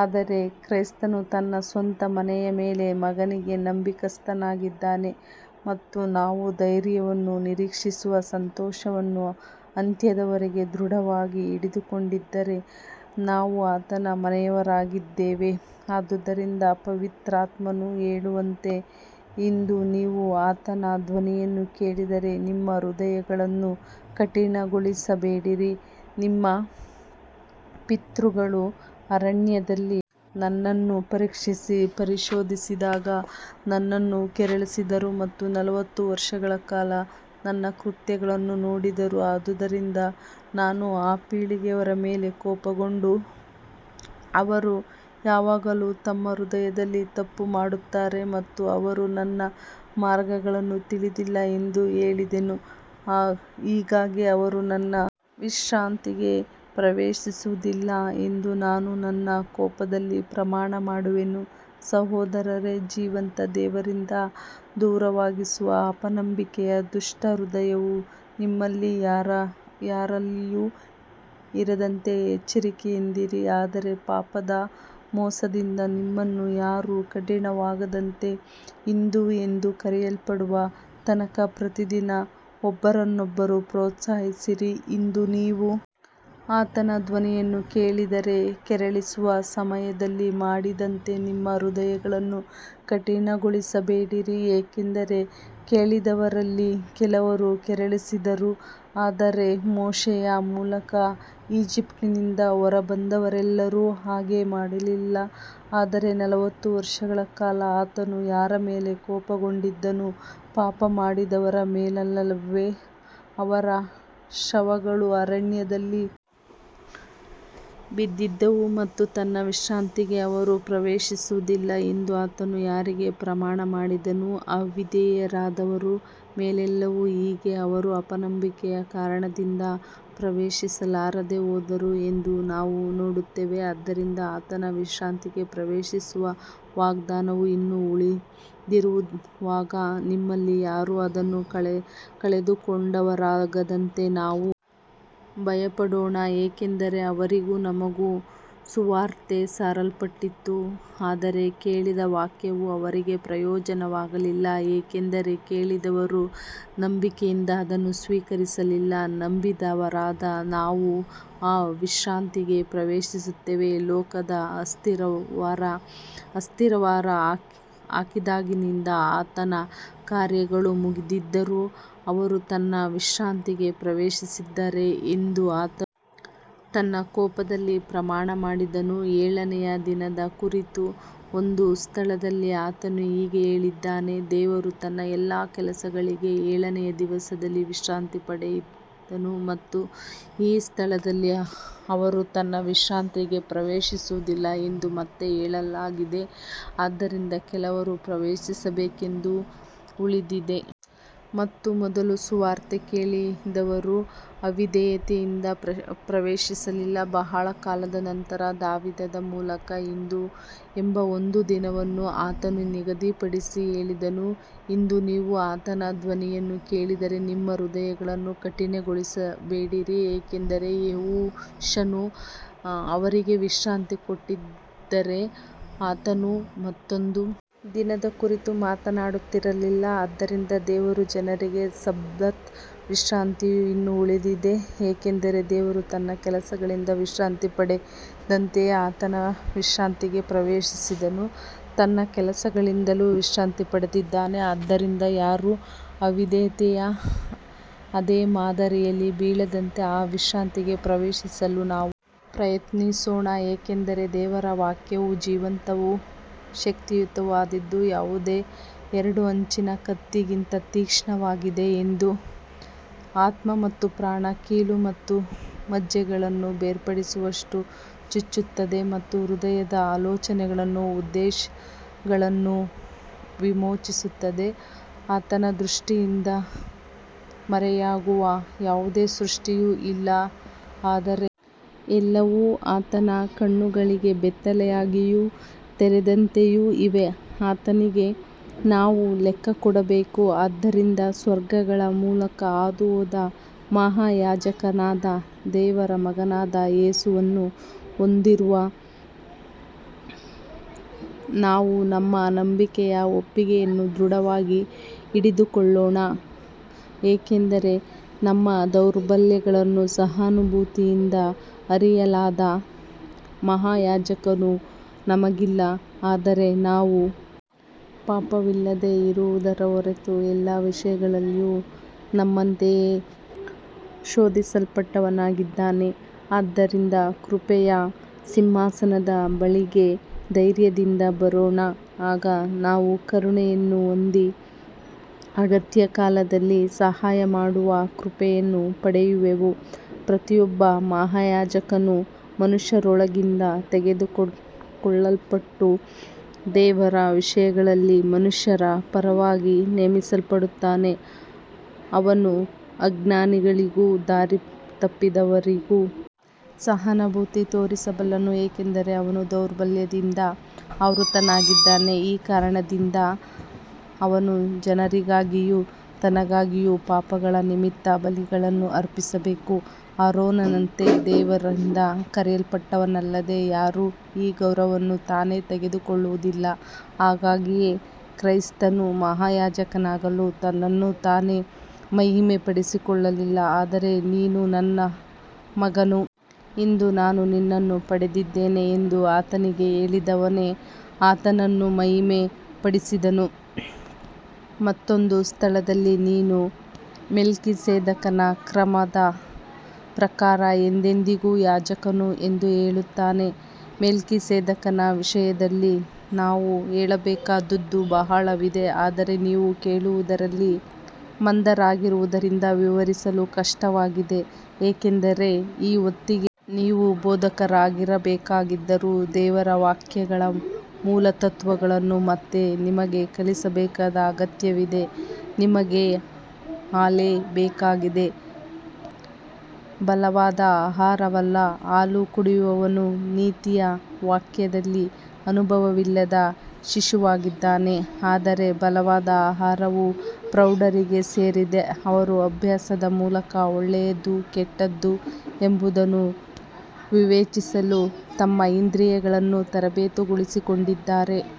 ಆದರೆ ಕ್ರಿಸ್ತನು ತನ್ನ ಸ್ವಂತ ಮನೆಯ ಮೇಲೆ ಮಗನಾಗಿ ನಂಬಿಗಸ್ತನಾಗಿದ್ದಾನೆ ಮತ್ತು ನಾವು ಧೈರ್ಯವನ್ನೂ ನಿರೀಕ್ಷೆಯ ಸಂತೋಷವನ್ನೂ ಅಂತ್ಯದವರೆಗೆ ದೃಢವಾಗಿ ಹಿಡಿದುಕೊಂಡಿದ್ದರೆ ನಾವು ಆತನ ಮನೆಯವರಾಗಿದ್ದೇವೆ ಆದುದರಿಂದ ಪವಿತ್ರಾತ್ಮನು ಹೇಳುವಂತೆ ಇಂದು ನೀವು ಆತನ ಧ್ವನಿಯನ್ನು ಕೇಳಿದರೆ ನಿಮ್ಮ ಹೃದಯಗಳನ್ನು ಕಠಿಣಗೊಳಿಸಬೇಡಿರಿ ನಿಮ್ಮ ಪಿತೃಗಳು ಅರಣ್ಯದಲ್ಲಿ ನನ್ನನ್ನು ಪರೀಕ್ಷಿಸಿ ಪರಿಶೋಧಿಸಿದಾಗ ನನ್ನನ್ನು ಕೆರಳಿಸಿದರು ಮತ್ತು ನಲವತ್ತು ವರ್ಷಗಳ ಕಾಲ ನನ್ನ ಕೃತ್ಯಗಳನ್ನು ನೋಡಿದರು ಆದುದರಿಂದ ನಾನು ಆ ಪೀಳಿಗೆಯವರ ಮೇಲೆ ಕೋಪಗೊಂಡು ಅವರು ಯಾವಾಗಲೂ ತಮ್ಮ ಹೃದಯದಲ್ಲಿ ತಪ್ಪುಮಾಡುತ್ತಾರೆ ಮತ್ತು ಅವರು ನನ್ನ ಮಾರ್ಗಗಳನ್ನು ತಿಳಿದಿಲ್ಲ ಎಂದು ಹೇಳಿದೆನು ಹೀಗಾಗಿ ಅವರು ನನ್ನ ವಿಶ್ರಾಂತಿಗೆ ಪ್ರವೇಶಿಸುವುದಿಲ್ಲ ಎಂದು ನಾನು ನನ್ನ ಕೋಪದಲ್ಲಿ ಪ್ರಮಾಣಮಾಡಿದೆನು ಸಹೋದರರೇ ಜೀವಂತ ದೇವರಿಂದ ದೂರವಾಗಿಸುವ ಅಪನಂಬಿಕೆಯ ದುಷ್ಟ ಹೃದಯವು ನಿಮ್ಮಲ್ಲಿ ಯಾರಲ್ಲಿಯೂ ಇರದಂತೆ ಎಚ್ಚರಿಕೆಯಾಗಿರಿ ಆದರೆ ಪಾಪದ ಮೋಸದಿಂದ ನಿಮ್ಮಲ್ಲಿ ಯಾರೂ ಕಠಿಣರಾಗದಂತೆ ಇಂದು ಎಂದು ಕರೆಯಲ್ಪಡುವ ತನಕ ಪ್ರತಿದಿನ ಒಬ್ಬರನ್ನೊಬ್ಬರು ಪ್ರೋತ್ಸಾಹಿಸಿರಿ ಇಂದು ನೀವು ಆತನ ಧ್ವನಿಯನ್ನು ಕೇಳಿದರೆ ಕೆರಳಿಸುವ ಸಮಯದಲ್ಲಿ ಮಾಡಿದಂತೆ ನಿಮ್ಮ ಹೃದಯಗಳನ್ನು ಕಠಿಣಗೊಳಿಸಬೇಡಿರಿ ಯಾಕಂದರೆ ಕೇಳಿದವರಲ್ಲಿ ಕೆಲವರು ಕೆರಳಿಸಿದರು ಆದರೆ ಮೋಶೆಯ ಮೂಲಕ ಈಜಿಪ್ಟಿನಿಂದ ಹೊರಬಂದವರೆಲ್ಲರೂ ಹಾಗೆ ಮಾಡಲಿಲ್ಲ ಆದರೆ ನಲವತ್ತು ವರ್ಷಗಳ ಕಾಲ ಆತನು ಯಾರ ಮೇಲೆ ಕೋಪಗೊಂಡಿದ್ದನು ಪಾಪಮಾಡಿದವರ ಮೇಲಲ್ಲವೇ ಅವರ ಶವಗಳು ಅರಣ್ಯದಲ್ಲಿ ಬಿದ್ದವು ಮತ್ತು ನನ್ನ ವಿಶ್ರಾಂತಿಗೆ ಅವರು ಪ್ರವೇಶಿಸುವುದಿಲ್ಲ ಎಂದು ಆತನು ಯಾರಿಗೆ ಪ್ರಮಾಣಮಾಡಿದನು ಅವಿಧೇಯರಾದವರ ಮೇಲಲ್ಲವೇ ಹೀಗೆ ಅವರು ಅಪನಂಬಿಕೆಯ ಕಾರಣದಿಂದ ಪ್ರವೇಶಿಸಲಾರದೆ ಹೋದರು ಎಂದು ನಾವು ನೋಡುತ್ತೇವೆ ಆದ್ದರಿಂದ ಆತನ ವಿಶ್ರಾಂತಿಗೆ ಪ್ರವೇಶಿಸುವ ವಾಗ್ದಾನವು ಇನ್ನೂ ಉಳಿದಿರುವಾಗ ನಿಮ್ಮಲ್ಲಿ ಯಾರೂ ಅದನ್ನು ಕಳೆದುಕೊಂಡವರಾಗದಂತೆ ನಾವು ಭಯಪಡೋಣ ಯಾಕಂದರೆ ಅವರಿಗೂ ನಮಗೂ ಸುವಾರ್ತೆ ಸಾರಲ್ಪಟ್ಟಿತು ಆದರೆ ಕೇಳಿದ ವಾಕ್ಯವು ಅವರಿಗೆ ಪ್ರಯೋಜನವಾಗಲಿಲ್ಲ ಏಕೆಂದರೆ ಕೇಳಿದವರು ನಂಬಿಕೆಯಿಂದ ಅದನ್ನು ಸ್ವೀಕರಿಸಲಿಲ್ಲ ನಂಬಿದವರಾದ ನಾವು ಆ ವಿಶ್ರಾಂತಿಗೆ ಪ್ರವೇಶಿಸುತ್ತೇವೆ ಲೋಕದ ಅಸ್ತಿವಾರ ಹಾಕಿದಾಗಿನಿಂದ ಆತನ ಕಾರ್ಯಗಳು ಮುಗಿದಿದ್ದರೂ ಅವರು ನನ್ನ ವಿಶ್ರಾಂತಿಗೆ ಪ್ರವೇಶಿಸಿದರೆ ಎಂದು ಆತನು ತನ್ನ ಕೋಪದಲ್ಲಿ ಪ್ರಮಾಣಮಾಡಿದನು ಏಳನೆಯ ದಿನದ ಕುರಿತು ಒಂದು ಸ್ಥಳದಲ್ಲಿ ಆತನು ಹೀಗೆ ಹೇಳಿದ್ದಾನೆ ದೇವರು ತನ್ನ ಎಲ್ಲಾ ಕೆಲಸಗಳಿಂದ ಏಳನೆಯ ದಿನದಲ್ಲಿ ವಿಶ್ರಾಂತಿ ಪಡೆದನು ಮತ್ತು ಈ ಸ್ಥಳದಲ್ಲಿ ಅವರು ನನ್ನ ವಿಶ್ರಾಂತಿಗೆ ಪ್ರವೇಶಿಸುವುದಿಲ್ಲ ಎಂದು ಮತ್ತೆ ಹೇಳಲಾಗಿದೆ ಆದ್ದರಿಂದ ಕೆಲವರು ಪ್ರವೇಶಿಸಬೇಕೆಂದು ಉಳಿದಿದೆ ಮತ್ತು ಮೊದಲು ಸುವಾರ್ತೆ ಕೇಳಿದವರು ಅವಿಧೇಯತೆಯಿಂದ ಪ್ರವೇಶಿಸಲಿಲ್ಲ ಬಹಳ ಕಾಲದ ನಂತರ ದಾವೀದನ ಮೂಲಕ ಇಂದು ಎಂಬ ಒಂದು ದಿನವನ್ನು ಆತನು ನಿಗದಿಪಡಿಸಿ ಹೇಳಿದನು ಇಂದು ನೀವು ಆತನ ಧ್ವನಿಯನ್ನು ಕೇಳಿದರೆ ನಿಮ್ಮ ಹೃದಯಗಳನ್ನು ಕಠಿಣಗೊಳಿಸಬೇಡಿರಿ ಯಾಕಂದರೆ ಯೆಹೋಶುವನು ಅವರಿಗೆ ವಿಶ್ರಾಂತಿ ಕೊಟ್ಟಿದ್ದರೆ ಆತನು ಮತ್ತೊಂದು ದಿನದ ಕುರಿತು ಮಾತನಾಡುತ್ತಿರಲಿಲ್ಲ ಆದ್ದರಿಂದ ದೇವರ ಜನರಿಗೆ ಸಬ್ಬತ್ ವಿಶ್ರಾಂತಿಯು ಇನ್ನೂ ಉಳಿದಿದೆ ಯಾಕಂದರೆ ದೇವರು ತನ್ನ ಕೆಲಸಗಳಿಂದ ವಿಶ್ರಾಂತಿ ಪಡೆದಂತೆಯೇ ಆತನ ವಿಶ್ರಾಂತಿಗೆ ಪ್ರವೇಶಿಸಿದವನು ತನ್ನ ಕೆಲಸಗಳಿಂದಲೂ ವಿಶ್ರಾಂತಿ ಪಡೆದಿದ್ದಾನೆ ಆದ್ದರಿಂದ ಯಾರೂ ಅವಿಧೇಯತೆಯ ಅದೇ ಮಾದರಿಯಲ್ಲಿ ಬೀಳದಂತೆ ಆ ವಿಶ್ರಾಂತಿಗೆ ಪ್ರವೇಶಿಸಲು ನಾವು ಪ್ರಯತ್ನಿಸೋಣ ಯಾಕಂದರೆ ದೇವರ ವಾಕ್ಯವು ಜೀವಂತವೂ ಶಕ್ತಿಯುತವೂ ಆಗಿದ್ದು ಯಾವುದೇ ಎರಡು ಅಂಚಿನ ಕತ್ತಿಗಿಂತ ತೀಕ್ಷ್ಣವಾಗಿದೆ ಅದು ಆತ್ಮ ಮತ್ತು ಪ್ರಾಣ ಕೀಲು ಮತ್ತು ಮಜ್ಜೆಗಳನ್ನು ಬೇರ್ಪಡಿಸುವಷ್ಟು ಚುಚ್ಚುತ್ತದೆ ಮತ್ತು ಹೃದಯದ ಆಲೋಚನೆಗಳನ್ನೂ ಉದ್ದೇಶಗಳನ್ನೂ ವಿವೇಚಿಸುತ್ತದೆ ಆತನ ದೃಷ್ಟಿಯಿಂದ ಮರೆಯಾಗಿರುವ ಯಾವುದೇ ಸೃಷ್ಟಿಯೂ ಇಲ್ಲ ಆದರೆ ಎಲ್ಲವೂ ಆತನ ಕಣ್ಣುಗಳಿಗೆ ಬೆತ್ತಲೆಯಾಗಿಯೂ ತೆರೆದಂತೆಯೂ ಇವೆ ಆತನಿಗೇ ನಾವು ಲೆಕ್ಕಕೊಡಬೇಕು ಆದ್ದರಿಂದ ಸ್ವರ್ಗಗಳ ಮೂಲಕ ಹಾದುಹೋದ ಮಹಾಯಾಜಕನಾದ ದೇವರ ಮಗನಾದ ಯೇಸುವನ್ನು ಹೊಂದಿರುವ ನಾವು ನಮ್ಮ ನಂಬಿಕೆಯ ಒಪ್ಪಿಗೆಯನ್ನು ದೃಢವಾಗಿ ಹಿಡಿದುಕೊಳ್ಳೋಣ ಯಾಕಂದರೆ ನಮ್ಮ ದೌರ್ಬಲ್ಯಗಳನ್ನು ಸಹಾನುಭೂತಿಯಿಂದ ಅರಿಯಲಾರದ ಮಹಾಯಾಜಕನು ನಮಗಿಲ್ಲ ಆದರೆ ನಾವು ಪಾಪವಿಲ್ಲದೆ ಇರುವುದರ ಹೊರತು ಎಲ್ಲ ವಿಷಯಗಳಲ್ಲಿಯೂ ನಮ್ಮಂತೆಯೇ ಶೋಧಿಸಲ್ಪಟ್ಟವನಾಗಿದ್ದಾನೆ ಆದ್ದರಿಂದ ಕೃಪೆಯ ಸಿಂಹಾಸನದ ಬಳಿಗೆ ಧೈರ್ಯದಿಂದ ಬರೋಣ ಆಗ ನಾವು ಕರುಣೆಯನ್ನು ಹೊಂದಿ ಅಗತ್ಯಕಾಲದಲ್ಲಿ ಸಹಾಯಮಾಡುವ ಕೃಪೆಯನ್ನು ಪಡೆಯುವೆವು ಪ್ರತಿಯೊಬ್ಬ ಮಹಾಯಾಜಕನೂ ಮನುಷ್ಯರೊಳಗಿಂದ ತೆಗೆದುಕೊಳ್ಳಲ್ಪಟ್ಟು ದೇವರ ವಿಷಯಗಳಲ್ಲಿ ಮನುಷ್ಯರ ಪರವಾಗಿ ನೇಮಿಸಲ್ಪಡುತ್ತಾನೆ ಅವನು ಅಜ್ಞಾನಿಗಳಿಗೂ ದಾರಿತಪ್ಪಿದವರಿಗೂ ಸಹಾನುಭೂತಿ ತೋರಿಸಬಲ್ಲನು ಏಕೆಂದರೆ ಅವನೂ ದೌರ್ಬಲ್ಯದಿಂದ ಆವೃತನಾಗಿದ್ದಾನೆ ಈ ಕಾರಣದಿಂದ ಅವನು ಜನರಿಗಾಗಿಯೂ ತನ್ನಿಗಾಗಿಯೂ ಪಾಪಗಳ ನಿಮಿತ್ತ ಬಲಿಗಳನ್ನು ಅರ್ಪಿಸಬೇಕು ಆರೋನನಂತೆ ದೇವರಿಂದ ಕರೆಯಲ್ಪಟ್ಟವನಲ್ಲದೆ ಯಾರೂ ಈ ಗೌರವವನ್ನು ತಾನೇ ತೆಗೆದುಕೊಳ್ಳುವುದಿಲ್ಲ ಹಾಗೆಯೇ ಕ್ರಿಸ್ತನು ಮಹಾಯಾಜಕನಾಗಲು ತನ್ನನ್ನು ತಾನೇ ಮಹಿಮೆಪಡಿಸಿಕೊಳ್ಳಲಿಲ್ಲ ಆದರೆ ನೀನು ನನ್ನ ಮಗನು ಇಂದು ನಾನು ನಿನ್ನನ್ನು ಪಡೆದಿದ್ದೇನೆ ಎಂದು ಆತನಿಗೆ ಹೇಳಿದವನೇ ಆತನನ್ನು ಮಹಿಮೆಪಡಿಸಿದನು ಮತ್ತೊಂದು ಸ್ಥಳದಲ್ಲಿ ನೀನು ಮೆಲ್ಕಿಸೆದೇಕನ ಕ್ರಮದ ಪ್ರಕಾರ ಎಂದೆಂದಿಗೂ ಯಾಜಕನು ಎಂದು ಹೇಳುತ್ತಾನೆ ಮೆಲ್ಕಿಸೆದೇಕನ ವಿಷಯದಲ್ಲಿ ನಾವು ಹೇಳಬೇಕಾದದ್ದು ಬಹಳವಿದೆ ಆದರೆ ನೀವು ಕೇಳುವುದರಲ್ಲಿ ಮಂದರಾಗಿರುವುದರಿಂದ ವಿವರಿಸಲು ಕಷ್ಟವಾಗಿದೆ ಯಾಕಂದರೆ ಈ ಹೊತ್ತಿಗೆ ನೀವು ಬೋಧಕರಾಗಿರಬೇಕಾಗಿದ್ದರೂ ದೇವರ ವಾಕ್ಯಗಳ ಮೂಲತತ್ತ್ವಗಳನ್ನು ಮತ್ತೆ ನಿಮಗೆ ಕಲಿಸಬೇಕಾದ ಅಗತ್ಯವಿದೆ ನಿಮಗೆ ಹಾಲೇ ಬೇಕಾಗಿದೆ ಬಲವಾದ ಆಹಾರವಲ್ಲ ಹಾಲು ಕುಡಿಯುವವನು ನೀತಿಯ ವಾಕ್ಯದಲ್ಲಿ ಅನುಭವವಿಲ್ಲದ ಶಿಶುವಾಗಿದ್ದಾನೆ ಆದರೆ ಬಲವಾದ ಆಹಾರವು ಪ್ರೌಢರಿಗೆ ಸೇರಿದೆ ಅವರು ಅಭ್ಯಾಸದ ಮೂಲಕ ಒಳ್ಳೆಯದು ಕೆಟ್ಟದ್ದು ಎಂಬುದನ್ನು ವಿವೇಚಿಸಲು ತಮ್ಮ ಇಂದ್ರಿಯಗಳನ್ನು ತರಬೇತುಗೊಳಿಸಿಕೊಂಡಿದ್ದಾರೆ